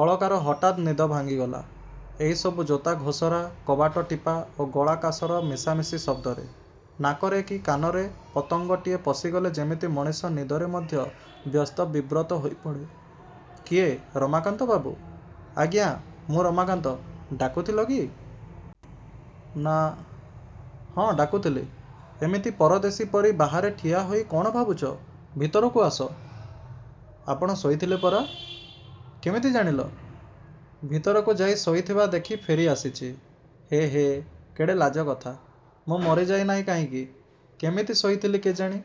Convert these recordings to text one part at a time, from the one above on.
ଅଳକାର ହଠାତ୍ ନିଦ ଭାଙ୍ଗିଗଲା ଏଇସବୁ ଜୋତା ଘୋଷରା, କବାଟ ଟିପା ଓ ଗଳା କାଶର ମିଶାମିଶି ଶବ୍ଦରେ। ନାକରେ କି କାନରେ ପତଙ୍ଗଟିଏ ପଶିଗଲେ ଯେମିତି ମଣିଷ ନିଦରେ ମଧ୍ୟ ବ୍ୟସ୍ତ ବିବ୍ରତ ହୋଇପଡ଼େ। -କିଏ? ରମାକାନ୍ତବାବୁ? -ଆଜ୍ଞା। ମୁଁ ରମାକାନ୍ତ। -ଡାକୁଥିଲ କି? -ନା ହଁ ଡାକୁଥିଲି। -ଏମିତି ପରଦେଶୀ ପରି ବାହାରେ ଠିଆ ହୋଇ କ'ଣ ଭାବୁଛ? ଭିତରକୁ ଆସ। -ଆପଣ ଶୋଇଥିଲେ ପରା। -କେମିତି ଜାଣିଲ? -ଭିତରକୁ ଯାଇ ଶୋଇଥିବା ଦେଖି ଫେରି ଆସିଛି। -ହେ, ହେ, କେଡ଼େ ଲାଜକଥା। ମୁଁ ମରିଯାଇ ନାହିଁ କାହିଁକି? କେମିତି ଶୋଇଥିଲି କେଜାଣି?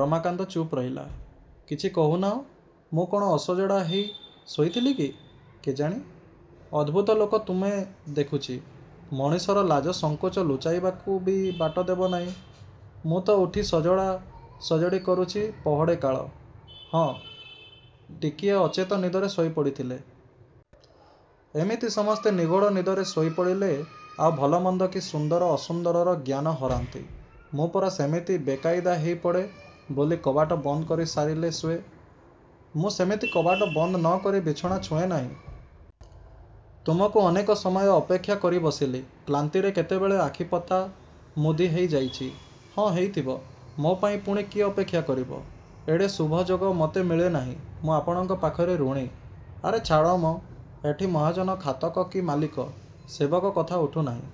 ରମାକାନ୍ତ ଚୁପ୍ ରହିଲା। -କିଛି, କହୁନାହଁ? ମୁଁ କ'ଣ ଅସଜଡ଼ା ହେଇ ଶୋଇଥିଲି କି? -କେଜାଣି। -ଅଦ୍ଭୁତ ଲୋକ ତୁମେ ଦେଖୁଛି। ମଣିଷର ଲାଜ ସଙ୍କୋଚ ଲୁଚାଇବାକୁ ବି ବାଟ ଦେବ ନାହିଁ। ମୁଁ ତ ଉଠି ସଜଡ଼ା ସଜଡ଼ି କରୁଛି ପହଡ଼େ କାଳ। -ହଁ, ଟିକିଏ ଅଚେତ ନିଦରେ ଶୋଇ ପଡ଼ିଥିଲେ। ଏମିତି ସମସ୍ତେ ନିଘୋଡ଼ ନିଦରେ ଶୋଇ ପଡ଼ିଲେ ଆଉ ଭଲମନ୍ଦ କି ସୁନ୍ଦର ଅସୁନ୍ଦରର ଜ୍ଞାନ ହରାନ୍ତି। ମୁଁ ପରା ସେମିତି ବେକାଇଦା ହେଇ ପଡ଼େ ବୋଲି କବାଟ ବନ୍ଦ କରି ସାରିଲେ ଶୁଏ। -ମୁଁ ସେମିତି କବାଟ ବନ୍ଦ ନ କରି ବିଛଣା ଛୁଏଁ ନାହିଁ। ତୁମକୁ ଅନେକ ସମୟ ଅପେକ୍ଷା କରି ବସିଲି। କ୍ଳାନ୍ତିରେ କେତେବେଳେ ଆଖିପତା ମୁଦି ହେଇ ଯାଇଛି। -ହଁ, ହେଇଥିବ। ମୋ ପାଇଁ ପୁଣି କିଏ ଅପେକ୍ଷା କରିବ? ଏଡ଼େ ଶୁଭଯୋଗ ମତେ ମିଳେ ନାହିଁ। ମୁଁ ଆପଣଙ୍କ ପାଖରେ ଋଣୀ। -ଆରେ ଛାଡ଼ ମ। ଏଠି ମହାଜନ-ଖାତକ କି ମାଲିକ-ସେବକ କଥା ଉଠୁ ନାହିଁ।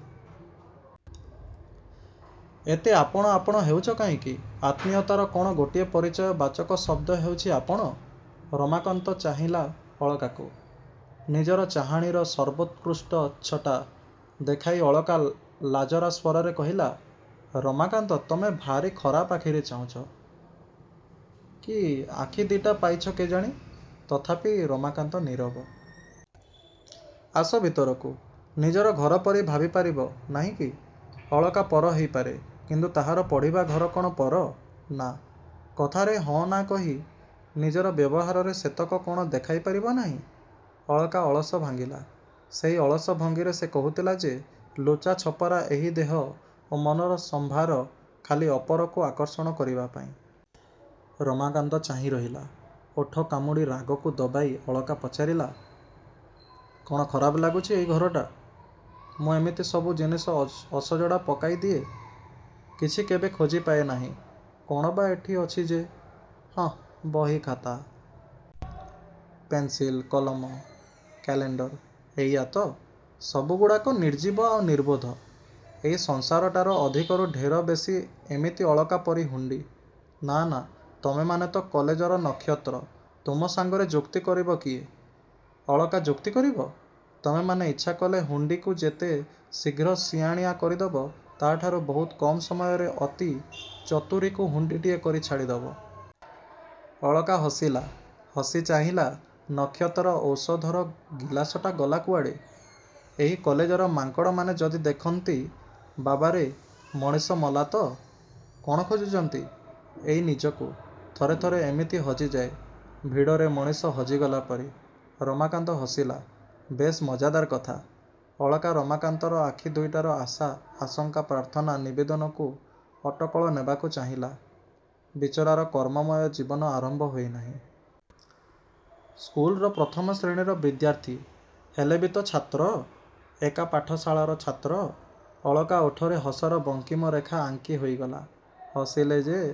ଏତେ ଆପଣ-ଆପଣ ହେଉଛ କାହିଁକି? ଆତ୍ମୀୟତାର କ'ଣ ଗୋଟିଏ ପରିଚୟ-ବାଚକ ଶବ୍ଦ ହେଉଛି-ଆପଣ? ରମାକାନ୍ତ ଚାହିଁଲା ଅଳକାକୁ। ନିଜର ଚାହାଣୀର ସର୍ବୋତ୍କୃଷ୍ଟ ଚ୍ଛଟା ଦେଖାଇ ଅଳକା ଲାଜରା ସ୍ୱରରେ କହିଲା-ରମାକାନ୍ତ ତମେ ଭାରି ଖରାପ ଆଖିରେ ଚାହୁଁଛ। କି ଆଖି ଦି'ଟା ପାଇଛ କେଜାଣି? ତଥାପି ରମାକାନ୍ତ ନୀରବ। -ଆସ ଭିତରକୁ। ନିଜର ଘର ପରି ଭାବି ପାରିବ ନାହିଁ କି? ଅଳକା ପର ହେଇପାରେ; କିନ୍ତୁ ତାହାର ପଢ଼ିବା ଘର କ'ଣ ପର? -ନା। -କଥାରେ ହଁ-ନା କହି ନିଜର ବ୍ୟବହାରରେ ସେତକ କ'ଣ ଦେଖାଇ ପାରିବ ନାହିଁ-? ଅଳକା ଅଳସ ଭାଙ୍ଗିଲା। ସେହି ଅଳସ ଭଙ୍ଗୀରେ ସେ କହୁଥିଲା ଯେ ଲୁଚା-ଛପାର ଏହି ଦେହ ଓ ମନର ସମ୍ଭାର ଖାଲି ଅପରକୁ ଆକର୍ଷଣ କରିବା ପାଇଁ। ରମାକାନ୍ତ ଚାହିଁ ରହିଲା। ଓଠ କାମୁଡ଼ି ରାଗକୁ ଦବାଇ ଅଳକା ପଚାରିଲା-କ'ଣ ଖରାପ ଲାଗୁଛି ଏହି ଘରଟା? ମୁଁ ଏମିତି ସବୁ ଜିନିଷ ଅସଜଡ଼ା ପକାଇ ଦିଏ। କିଛି କେବେ ଖୋଜି ପାଏ ନାହିଁ। କ'ଣ ବା ଏଠି ଅଛି ଯେ -ହଁ, ବହି ଖାତା -ପେନ୍ସିଲ, କଲମ କାଲେଣ୍ଡର। ଏଇଆ ତ। ସବୁଗୁଡ଼ାକ ନିର୍ଜୀବ ଆଉ ନିର୍ବୋଧ-। ଏଇ ସଂସାରଟାର ଅଧିକରୁ ଢେର ବେଶି ଏମିତି ଅଳକା ପରି ହୁଣ୍ଡି। -ନା-ନା- -ତମେମାନେ ତ କଲେଜର ନକ୍ଷତ୍ର। ତୁମ ସାଙ୍ଗରେ ଯୁକ୍ତି କରିବ କିଏ? -ଅଳକା ଯୁକ୍ତି କରିବ? ତମେମାନେ ଇଚ୍ଛା କଲେ ହୁଣ୍ଡିକୁ ଯେତେ ଶୀଘ୍ର ସିଆଣିଆ କରିଦବ ତାହାଠାରୁ ବହୁତ କମ୍ ସମୟରେ ଅତି ଚତୁରୀକୁ ହୁଣ୍ଡିଟିଏ କରି ଛାଡ଼ିଦବ ଅଳକା ହସିଲା। ହସି ଚାହିଁଲା-ନକ୍ଷତ୍ରର ଔଷଧର ଗିଲାସଟା ଗଲା କୁଆଡ଼େ? ଏହି କଲେଜର ମାଙ୍କଡ଼ମାନେ ଯଦି ଦେଖନ୍ତି-ବାବାରେ, ମଣିଷ ମଲା ତ। -କ'ଣ ଖୋଜୁଛନ୍ତି? -ଏଇ ନିଜକୁ। ଥରେ ଥରେ ଏମିତି ହଜିଯାଏ-ଭିଡ଼ରେ ମଣିଷ ହଜିଗଲା ପରି। ରମାକାନ୍ତ ହସିଲା-ବେଶ୍ ମଜ୍ଜାଦାର କଥା। ଅଳକା ରମାକାନ୍ତର ଆଖି ଦୁଇଟିର ଆଶା, ଆଶଙ୍କା, ପ୍ରାର୍ଥନା, ନିବେଦନକୁ ଅଟକଳ ନେବାକୁ ଚାହିଁଲା-ବିଚରାର କର୍ମମୟ ଜୀବନ ଆରମ୍ଭ ହୋଇ ନାହିଁ। ସ୍କୁଲର ପ୍ରଥମ ଶ୍ରେଣୀର ବିଦ୍ୟାର୍ଥୀ-ହେଲେ ବି ତ ଛାତ୍ର ଏକା ପାଠଶାଳାର ଛାତ୍ର। ଅଳକା ଓଠରେ ହସର ବଙ୍କିମ ରେଖା ଆଙ୍କି ହୋଇଗଲା। -ହସିଲେ ଯେ